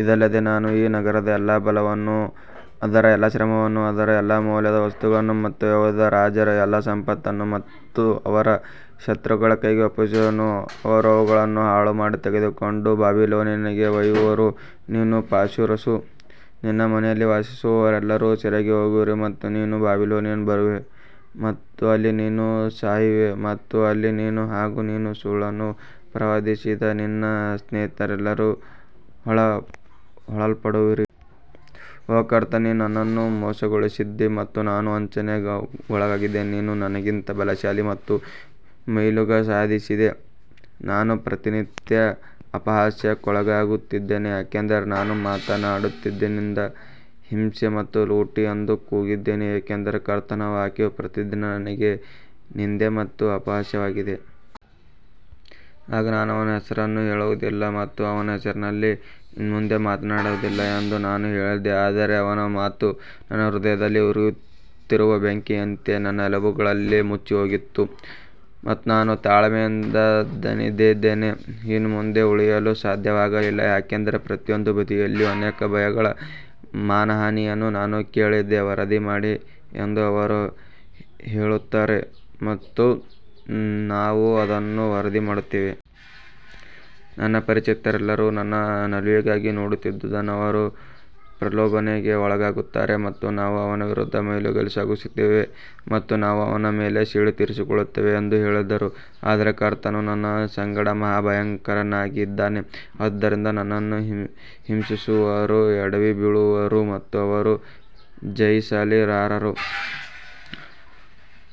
ಇದಲ್ಲದೆ ನಾನು ಈ ನಗರದ ಎಲ್ಲಾ ಬಲವನ್ನೂ ಅದರ ಎಲ್ಲಾ ಶ್ರಮವನ್ನೂ ಅದರ ಎಲ್ಲಾ ಅಮೂಲ್ಯ ವಸ್ತುಗಳನ್ನು ಮತ್ತು ಯೆಹೂದದ ರಾಜರ ಎಲ್ಲಾ ಸಂಪತ್ತನ್ನು ಅವರ ಶತ್ರುಗಳ ಕೈಗೆ ಒಪ್ಪಿಸುವೆನು, ಅವರು ಅವುಗಳನ್ನು ಹಾಳುಮಾಡಿ ತೆಗೆದುಕೊಂಡು ಬಾಬಿಲೋನಿಗೆ ಒಯ್ಯುವರು. ನೀನು ಪಾಶೂರನೂ ನಿನ್ನ ಮನೆಯಲ್ಲಿ ವಾಸಿಸುವವರೆಲ್ಲರೂ ಸೆರೆಗೆ ಹೋಗುವಿರಿ ಮತ್ತು ನೀನು ಬಾಬಿಲೋನಿಗೆ ಬರುವೆ ಮತ್ತು ಅಲ್ಲಿ ನೀನು ಸಾಯುವಿ ಮತ್ತು ಅಲ್ಲಿ ನೀನು ಹಾಗೂ ನೀನು ಸುಳ್ಳನ್ನು ಪ್ರವಾದಿಸಿದ ನಿನ್ನ ಸ್ನೇಹಿತರೆಲ್ಲರೂ ಹೂಳಲ್ಪಡುವಿರಿ. ಓ ಕರ್ತನೇ, ನೀನು ನನ್ನನ್ನು ಮೋಸಗೊಳಿಸಿದ್ದೀ ಮತ್ತು ನಾನು ವಂಚನೆಗೊಳಗಾದೆ, ನೀನು ನನಗಿಂತ ಬಲಶಾಲಿ ಮತ್ತು ಮೇಲುಗೈ ಸಾಧಿಸಿದೆ, ನಾನು ಪ್ರತಿನಿತ್ಯ ಅಪಹಾಸ್ಯಕ್ಕೊಳಗಾಗುತ್ತಿದ್ದೇನೆ. ಯಾಕಂದರೆ ನಾನು ಮಾತನಾಡಿದಂದಿನಿಂದ ಹಿಂಸೆ ಮತ್ತು ಲೂಟಿ ಎಂದು ಕೂಗಿದೆನು, ಏಕೆಂದರೆ ಕರ್ತನ ವಾಕ್ಯವು ಪ್ರತಿದಿನ ನನಗೆ ನಿಂದೆ ಮತ್ತು ಅಪಹಾಸ್ಯವಾಗಿದೆ. ಆಗ ನಾನು ಅವನ ಹೆಸರನ್ನು ಹೇಳುವುದಿಲ್ಲ ಮತ್ತು ಅವನ ಹೆಸರಿನಲ್ಲಿ ಇನ್ನು ಮುಂದೆ ಮಾತನಾಡುವುದಿಲ್ಲ ಎಂದು ನಾನು ಹೇಳಿದೆ, ಆದರೆ ಅವನ ಮಾತು ನನ್ನ ಹೃದಯದಲ್ಲಿ ಉರಿಯುತ್ತಿರುವ ಬೆಂಕಿಯಂತೆ ನನ್ನ ಎಲುಬುಗಳಲ್ಲಿ ಮುಚ್ಚಿಹೋಗಿತ್ತು ಮತ್ತು ನಾನು ತಾಳ್ಮೆಯಿಂದ ದಣಿದಿದ್ದೆ, ಇನ್ನು ಮುಂದೆ ಉಳಿಯಲು ಸಾಧ್ಯವಾಗಲಿಲ್ಲ. ಯಾಕಂದರೆ ಪ್ರತಿಯೊಂದು ಬದಿಯಲ್ಲಿಯೂ ಅನೇಕ ಭಯಗಳ ಮಾನಹಾನಿಯನ್ನು ನಾನು ಕೇಳಿದೆ, ವರದಿ ಮಾಡಿ ಎಂದು ಅವರು ಹೇಳುತ್ತಾರೆ ಮತ್ತು ನಾವು ಅದನ್ನು ವರದಿ ಮಾಡುತ್ತೇವೆ. ನನ್ನ ಪರಿಚಿತರೆಲ್ಲರೂ ನನ್ನ ನಿಲುವಿಗಾಗಿ ನೋಡುತ್ತಿದ್ದರು, ಅವರು ಪ್ರಲೋಭನೆಗೆ ಒಳಗಾಗುತ್ತಾರೆ ಮತ್ತು ನಾವು ಅವನ ವಿರುದ್ಧ ಮೇಲುಗೈ ಸಾಧಿಸುತ್ತೇವೆ ಮತ್ತು ನಾವು ಅವನ ಮೇಲೆ ಸೇಡು ತೀರಿಸಿಕೊಳ್ಳುತ್ತೇವೆ ಎಂದು ಹೇಳಿದರು. ಆದರೆ ಕರ್ತನು ನನ್ನ ಸಂಗಡ ಮಹಾ ಭಯಂಕರನಾಗಿ ಇದ್ದಾನೆ, ಆದುದರಿಂದ ನನ್ನನ್ನು ಹಿಂಸಿಸುವವರು ಎಡವಿ ಬೀಳುವರು ಮತ್ತು ಅವರು ಜಯಿಸಲಾರರು,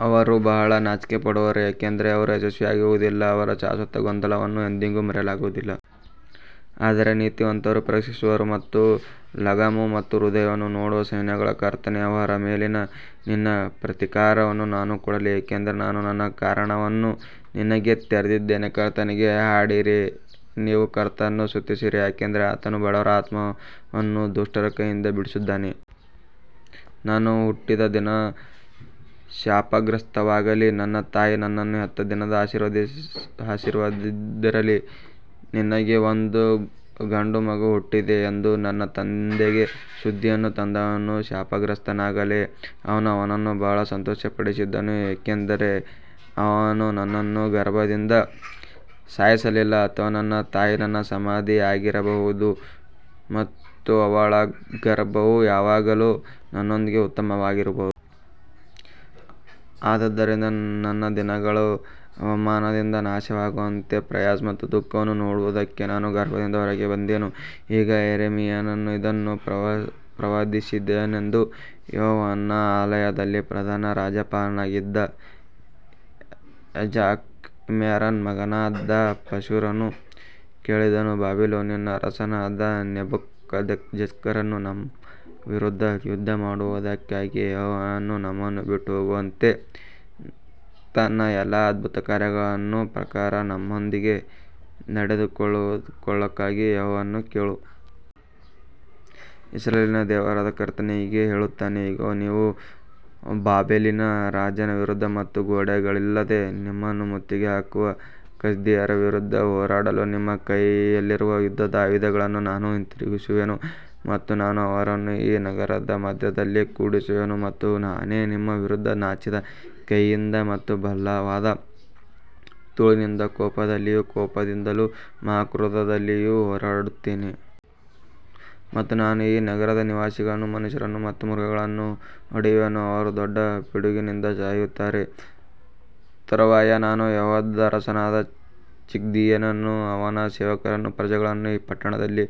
ಅವರು ಬಹಳ ನಾಚಿಕೆಪಡುವರು, ಏಕೆಂದರೆ ಅವರು ಯಶಸ್ವಿಯಾಗುವುದಿಲ್ಲ, ಅವರ ಶಾಶ್ವತ ಗೊಂದಲವನ್ನು ಎಂದಿಗೂ ಮರೆಯಲಾಗುವುದಿಲ್ಲ. ಆದರೆ ನೀತಿವಂತರನ್ನು ಪರೀಕ್ಷಿಸುವ ಮತ್ತು ಲಗಾಮು ಮತ್ತು ಹೃದಯವನ್ನು ನೋಡುವ ಸೈನ್ಯಗಳ ಕರ್ತನೇ, ಅವರ ಮೇಲಿನ ನಿನ್ನ ಪ್ರತೀಕಾರವನ್ನು ನಾನು ನೋಡಲಿ, ಏಕೆಂದರೆ ನಾನು ನನ್ನ ಕಾರಣವನ್ನು ನಿನಗೆ ತೆರೆದಿದ್ದೇನೆ. ಕರ್ತನಿಗೆ ಹಾಡಿರಿ, ನೀವು ಕರ್ತನನ್ನು ಸ್ತುತಿಸಿರಿ, ಯಾಕಂದರೆ ಆತನು ಬಡವರ ಆತ್ಮವನ್ನು ದುಷ್ಟರ ಕೈಯಿಂದ ಬಿಡಿಸಿದ್ದಾನೆ. ನಾನು ಹುಟ್ಟಿದ ದಿನವು ಶಾಪಗ್ರಸ್ತವಾಗಲಿ, ನನ್ನ ತಾಯಿ ನನ್ನನ್ನು ಹೆತ್ತ ದಿನವು ಆಶೀರ್ವಾದವಾಗದಿರಲಿ. ನಿನಗೆ ಒಂದು ಗಂಡುಮಗು ಹುಟ್ಟಿದೆ ಎಂದು ನನ್ನ ತಂದೆಗೆ ಸುದ್ದಿಯನ್ನು ತಂದವನು ಶಾಪಗ್ರಸ್ತನಾಗಲಿ, ಅವನು ಅವನನ್ನು ಬಹಳ ಸಂತೋಷಪಡಿಸಿದನು. ಏಕೆಂದರೆ ಅವನು ನನ್ನನ್ನು ಗರ್ಭದಿಂದ ಸಾಯಿಸಲಿಲ್ಲ ಅಥವಾ ನನ್ನ ತಾಯಿ ನನ್ನ ಸಮಾಧಿಯಾಗಿರಬಹುದು ಮತ್ತು ಅವಳ ಗರ್ಭವು ಯಾವಾಗಲೂ ನನ್ನೊಂದಿಗೆ ಉತ್ತಮವಾಗಿರಬಹುದು. ಆದದರಿಂದ ನನ್ನ ದಿನಗಳು ಅವಮಾನದಿಂದ ನಾಶವಾಗುವಂತೆ ಪ್ರಯಾಸ ಮತ್ತು ದುಃಖವನ್ನು ನೋಡುವುದಕ್ಕೆ ನಾನು ಗರ್ಭದಿಂದ ಹೊರಗೆ ಬಂದೆನು. ಈಗ ಯೆರೆಮೀಯನು ಇದನ್ನು ಪ್ರವಾದಿಸಿದನೆಂದು ಯೆಹೋವನ ಆಲಯದಲ್ಲಿ ಪ್ರಧಾನ ರಾಜ್ಯಪಾಲನಾಗಿದ್ದ ಯಾಜಕ ಇಮ್ಮೇರನ ಮಗನಾದ ಪಾಶೂರನು ಕೇಳಿದನು. ಬಾಬಿಲೋನಿನ ಅರಸನಾದ ನೆಬೂಕದ್ನೆಚ್ಚರನು ನಮ್ಮ ವಿರುದ್ಧ ಯುದ್ಧಮಾಡುವದಕ್ಕಾಗಿ ಯೆಹೋವನು ನಮ್ಮನ್ನು ಬಿಟ್ಟುಹೋಗುವಂತೆ ತನ್ನ ಎಲ್ಲಾ ಅದ್ಭುತಕಾರ್ಯಗಳ ಪ್ರಕಾರ ನಮ್ಮೊಂದಿಗೆ ನಡೆದುಕೊಳ್ಳಲಿಕ್ಕಾಗಿ ಯೆಹೋವನನ್ನು ಕೇಳು. ಇಸ್ರಾಯೇಲಿನ ದೇವರಾದ ಕರ್ತನು ಹೀಗೆ ಹೇಳುತ್ತಾನೆ, ಇಗೋ, ನೀವು ಬಾಬೆಲಿನ ರಾಜನ ವಿರುದ್ಧ ಮತ್ತು ಗೋಡೆಗಳಿಲ್ಲದೆ ನಿಮ್ಮನ್ನು ಮುತ್ತಿಗೆ ಹಾಕುವ ಕಸ್ದೀಯರ ವಿರುದ್ಧ ಹೋರಾಡಲು ನಿಮ್ಮ ಕೈಯಲ್ಲಿರುವ ಯುದ್ಧದ ಆಯುಧಗಳನ್ನು ನಾನು ಹಿಂತಿರುಗಿಸುವೆನು ಮತ್ತು ನಾನು ಅವರನ್ನು ಈ ನಗರದ ಮಧ್ಯದಲ್ಲಿ ಕೂಡಿಸುವೆನು. ಮತ್ತು ನಾನೇ ನಿಮ್ಮ ವಿರುದ್ಧ ಚಾಚಿದ ಕೈಯಿಂದ ಮತ್ತು ಬಲವಾದ ತೋಳಿನಿಂದ ಕೋಪದಲ್ಲಿಯೂ ಕೋಪದಿಂದಲೂ ಮಹಾಕ್ರೋಧದಲ್ಲಿಯೂ ಹೋರಾಡುತ್ತೇನೆ. ಮತ್ತು ನಾನು ಈ ನಗರದ ನಿವಾಸಿಗಳನ್ನು, ಮನುಷ್ಯರನ್ನು ಮತ್ತು ಮೃಗಗಳನ್ನು ಹೊಡೆಯುವೆನು, ಅವರು ದೊಡ್ಡ ಪಿಡುಗಿನಿಂದ ಸಾಯುತ್ತಾರೆ. ತರುವಾಯ ನಾನು ಯೆಹೂದದ ಅರಸನಾದ ಚಿದ್ಕೀಯನನ್ನೂ ಅವನ ಸೇವಕರನ್ನೂ ಪ್ರಜೆಗಳನ್ನೂ ಈ ಪಟ್ಟಣದಲ್ಲಿ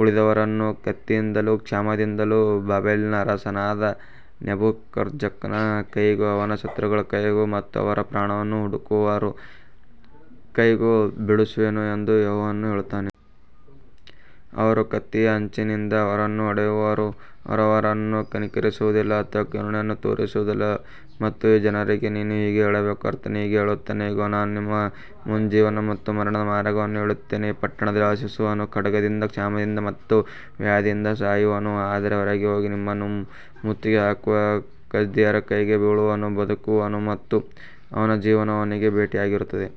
ಉಳಿದವರನ್ನೂ ಕತ್ತಿಯಿಂದಲೂ ಕ್ಷಾಮದಿಂದಲೂ ಬಾಬೆಲಿನ ಅರಸನಾದ ನೆಬೂಕದ್ನೆಚ್ಚರನ ಕೈಗೂ ಅವರ ಶತ್ರುಗಳ ಕೈಗೂ ಮತ್ತು ಅವರ ಪ್ರಾಣವನ್ನು ಹುಡುಕುವವರ ಕೈಗೂ ಬಿಡಿಸುವೆನು ಎಂದು ಯೆಹೋವನು ಹೇಳುತ್ತಾನೆ. ಅವರು ಕತ್ತಿಯ ಅಂಚಿನಿಂದ ಅವರನ್ನು ಹೊಡೆಯುವರು, ಅವರು ಅವರನ್ನು ಕನಿಕರಿಸುವುದಿಲ್ಲ ಅಥವಾ ಕರುಣೆಯನ್ನು ತೋರಿಸುವುದಿಲ್ಲ. ಮತ್ತು ಈ ಜನರಿಗೆ ನೀನು ಹೀಗೆ ಹೇಳಬೇಕು, ಕರ್ತನು ಹೀಗೆ ಹೇಳುತ್ತಾನೆ, ಇಗೋ, ನಾನು ನಿಮ್ಮ ಮುಂದೆ ಜೀವನ ಮತ್ತು ಮರಣದ ಮಾರ್ಗವನ್ನು ಇಡುತ್ತೇನೆ. ಈ ಪಟ್ಟಣದಲ್ಲಿ ವಾಸಿಸುವವನು ಖಡ್ಗದಿಂದ, ಕ್ಷಾಮದಿಂದ ಮತ್ತು ವ್ಯಾಧಿಯಿಂದ ಸಾಯುವನು, ಆದರೆ ಹೊರಗೆ ಹೋಗಿ ನಿಮ್ಮನ್ನು ಮುತ್ತಿಗೆ ಹಾಕುವ ಕಸ್ದೀಯರ ಕೈಗೆ ಬೀಳುವವನು ಬದುಕುವನು ಮತ್ತು ಅವನ ಜೀವನವು ಅವನಿಗೆ ಬೇಟೆಯಾಗಿರುತ್ತದೆ.